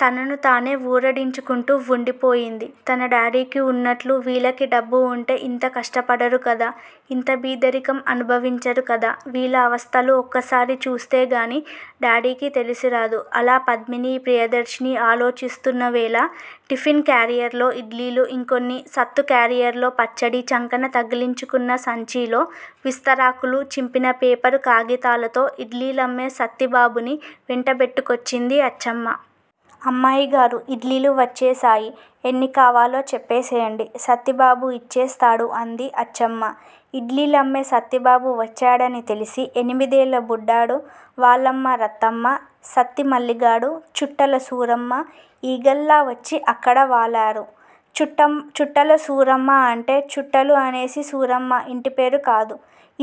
తనను తానే వూరడించుకుంటూ వుండిపోయింది. తన డాడీకి వున్నట్లు వీళ్ళకి డబ్బువుంటే ఇంత కష్టపడరు కదా! ఇంత బీదరికం అనుభవించరు కదా! వీళ్ళ అవస్థలు ఒక్కసారి చూస్తేగాని డాడీకి తెలిసిరాదు అలా పద్మిని ప్రియదర్శిని ఆలోచిస్తున్న వేళ టిఫిన్ క్యారియర్ లో ఇడ్లీలు ఇంకొన్ని సత్తు క్యారియర్ లో పచ్చడి చంకన తగిలించుకున్న సంచీలో విస్తరాకులు చింపిన పేపరు కాగితాలతో ఇడ్లీలమ్మే సత్తిబాబుని వెంటబెట్టుకొచ్చింది అచ్చమ్మ. అమ్మాయిగారూ! ఇడ్లీలు వచ్చేశాయి. ఎన్నికావాలో చెప్పేసేయండి. సత్తిబాబు ఇచ్చేస్తాడు అంది అచ్చమ్మ. ఇడ్లీలమ్మే సత్తిబాబు వచ్చాడని తెలిసి ఎనిమిదేళ్ళ బుడ్డాడు వాళ్ళమ్మ రత్తమ్మ, సత్తిమల్లిగాడు, చుట్టల సూరమ్మ ఈగల్లావచ్చి అక్కడ వాలారు. చుట్టల సూరమ్మ అంటే చుట్టలు అనేసి సూరమ్మ ఇంటిపేరు కాదు.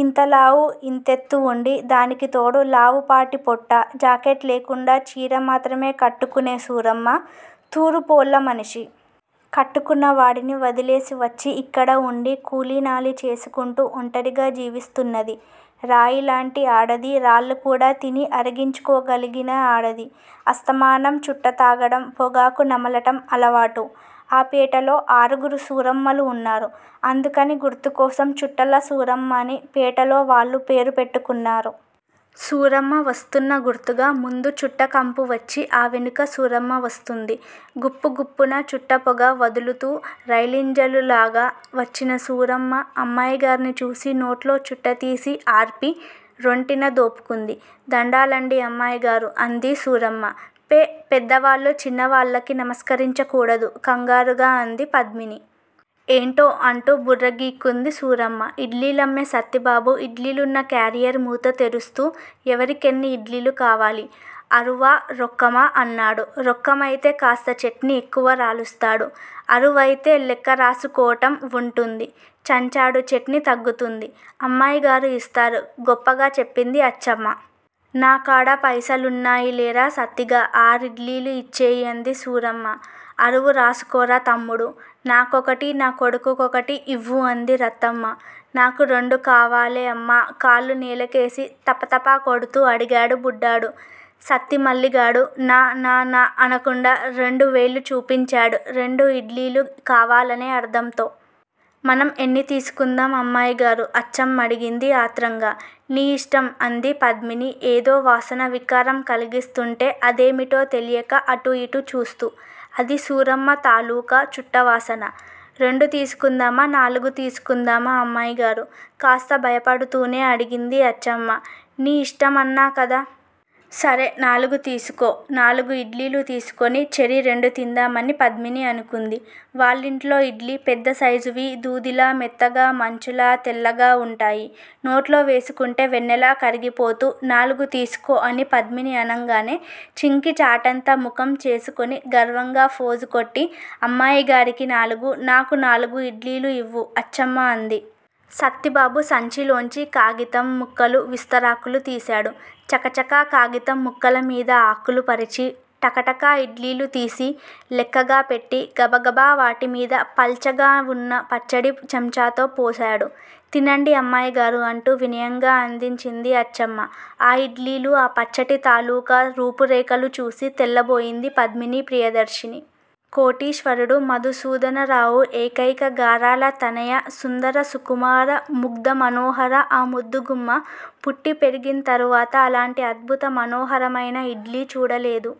ఇంతలావు ఇంతెత్తువుండి దానికితోడు లావుపాటిపొట్ట జాకెట్ లేకుండా చీరమాత్రమే కట్టుకునే సూరమ్మ తూరుపోళ్ళమనిషి. కట్టుకున్న వాడిని వదిలేసివచ్చి ఇక్కడ వుండి కూలినాలి చేసుకుంటూ ఒంటరిగా జీవిస్తున్నది. రాయిలాంటి ఆడది రాళ్ళు కూడా తిని అరించుకోగలిగిన ఆడది. అస్తమానం చుట్ట తాగటం, పొగాకు నమలటం అలవాటు. ఆ పేటలో ఆరుగురు సూరమ్మలు ఉన్నారు. అందుకని గుర్తుకోసం చుట్టల సూరమ్మని పేటలో వాళ్ళు పేరు పెట్టుకున్నారు. సూరమ్మ వస్తున్న గుర్తుగా ముందు చుట్ట కంపు వచ్చి ఆ వెనుక సూరమ్మ వస్తుంది. గుప్పు గుప్పున చుట్టపొగ వదులుతూ రైలింజనులాగ వచ్చిన సూరమ్మ అమ్మాయిగారిని చూసి నోట్లో చుట్టతీసి ఆర్పి రొంటిన దోపుకుంది. దండాలండీ అమ్మాయిగారూ! అంది సూరమ్మ. పె పెద్దవాళ్ళు చిన్నవాళ్ళకి నమస్కరించకూడదు కంగారుగా అంది పద్మిని. ఏంటో అంటూ బుర్రగీక్కుంది సూరమ్మ. ఇడ్లీలమ్మే సత్తిబాబు ఇడ్లీలున్న క్యారియర్ మూత తెరుస్తూ ఎవరికెన్ని ఇడ్లీలు కావాలి. అరువా, రొక్కమా అన్నాడు. రొక్కమయితే కాస్త చట్నీ ఎక్కువ రాలుస్తాడు. అరువయితే లెక్క రాసుకోటం వుంటుంది. చంచాడు చట్నీ తగ్గుతుంది. అమ్మాయిగారు ఇస్తారు గొప్పగా చెప్పింది అచ్చమ్మ. నా కాడ పైసలున్నయిలేరా సత్తిగా! ఆరిడ్డిలీలు ఇచ్చేయి అంది సూరమ్మ. అరువు రాసుకోరా తమ్ముడూ! నాకొకటి నా కొడుకు కొకటి ఇవ్వు అంది రత్తమ్మ. నాకు రెండు కావాలే అమ్మా కాళ్ళు నేలకేసి తపతపకొడుతూ అడిగాడు బుడ్డాడు. సత్తి మల్లిగాడు న న న అనకుండా రెండు వేళ్ళు చూపించాడు రెండు ఇడ్లీలు కావాలనే అర్ధంతో. మనం ఎన్ని తీసుకుందాం అమ్మాయిగారూ అచ్చమ్మడిగింది ఆత్రంగ. నీ ఇష్టం అంది పద్మిని ఏదో వాసన వికారం కలిగిస్తుంటే అదేమిటో తెలియక అటు ఇటు చూస్తూ. అది సూరమ్మ తాలూకా చుట్టవాసన. రెండు తీసుకుందామా నాలుగు తీసుకుందామా అమ్మాయిగారూ! కాస్త భయపడుతూనే అడిగింది అచ్చమ్మ. నీ ఇష్టమన్నా కదా! సరే నాలుగు తీసుకో నాలుగు ఇడ్లీలు తీసుకుని చెరి రెండూ తిందామని పద్మిని అనుకుంది. వాళ్ళింట్లో ఇడ్లీ పెద్ద సైజువి దూదిలా మెత్తగా మంచులా తెల్లగా వుంటాయి. నోట్లో వేసుకుంటే వెన్నలా కరిగిపోతూ నాలుగు తీసుకో అని పద్మిని అనంగానే చింకి చాటంత ముఖం చేసుకుని గర్వంగా ఫోజుకొట్టి అమ్మాయిగారికి నాలుగు నాకు నాలుగు ఇడ్లీలు ఇవ్వు అచ్చమ్మ అంది. సత్తిబాబు సంచిలోంచి కాగితం ముక్కలు విస్తరాకులు తీశాడు. చకచక కాగితం ముక్కలమీద ఆకులు పరిచి టకటక ఇడ్లీలు తీసి లెక్కగపెట్టి గబగబ వాటిమీద పల్చగవున్న పచ్చడి చంచాతో పోశాడు. తినండి అమ్మాయిగారూ అంటూ వినయంగా అందించింది అచ్చమ్మ. ఆ ఇడ్లీలు ఆ పచ్చటి తాలూకా రూపురేఖలు చూసి తెల్లబోయింది పద్మిని ప్రియదర్శిని. కోటీశ్వరుడు మధుసూదనరావు ఏకైక గారాల తనయ సుందర సుకుమార ముగ్ధమనోహర ఆ ముద్దుగుమ్మ పుట్టి పెరిగింతరువాత అలాంటి అద్భుత మనోహరమైన ఇడ్లీ చూడలేదు.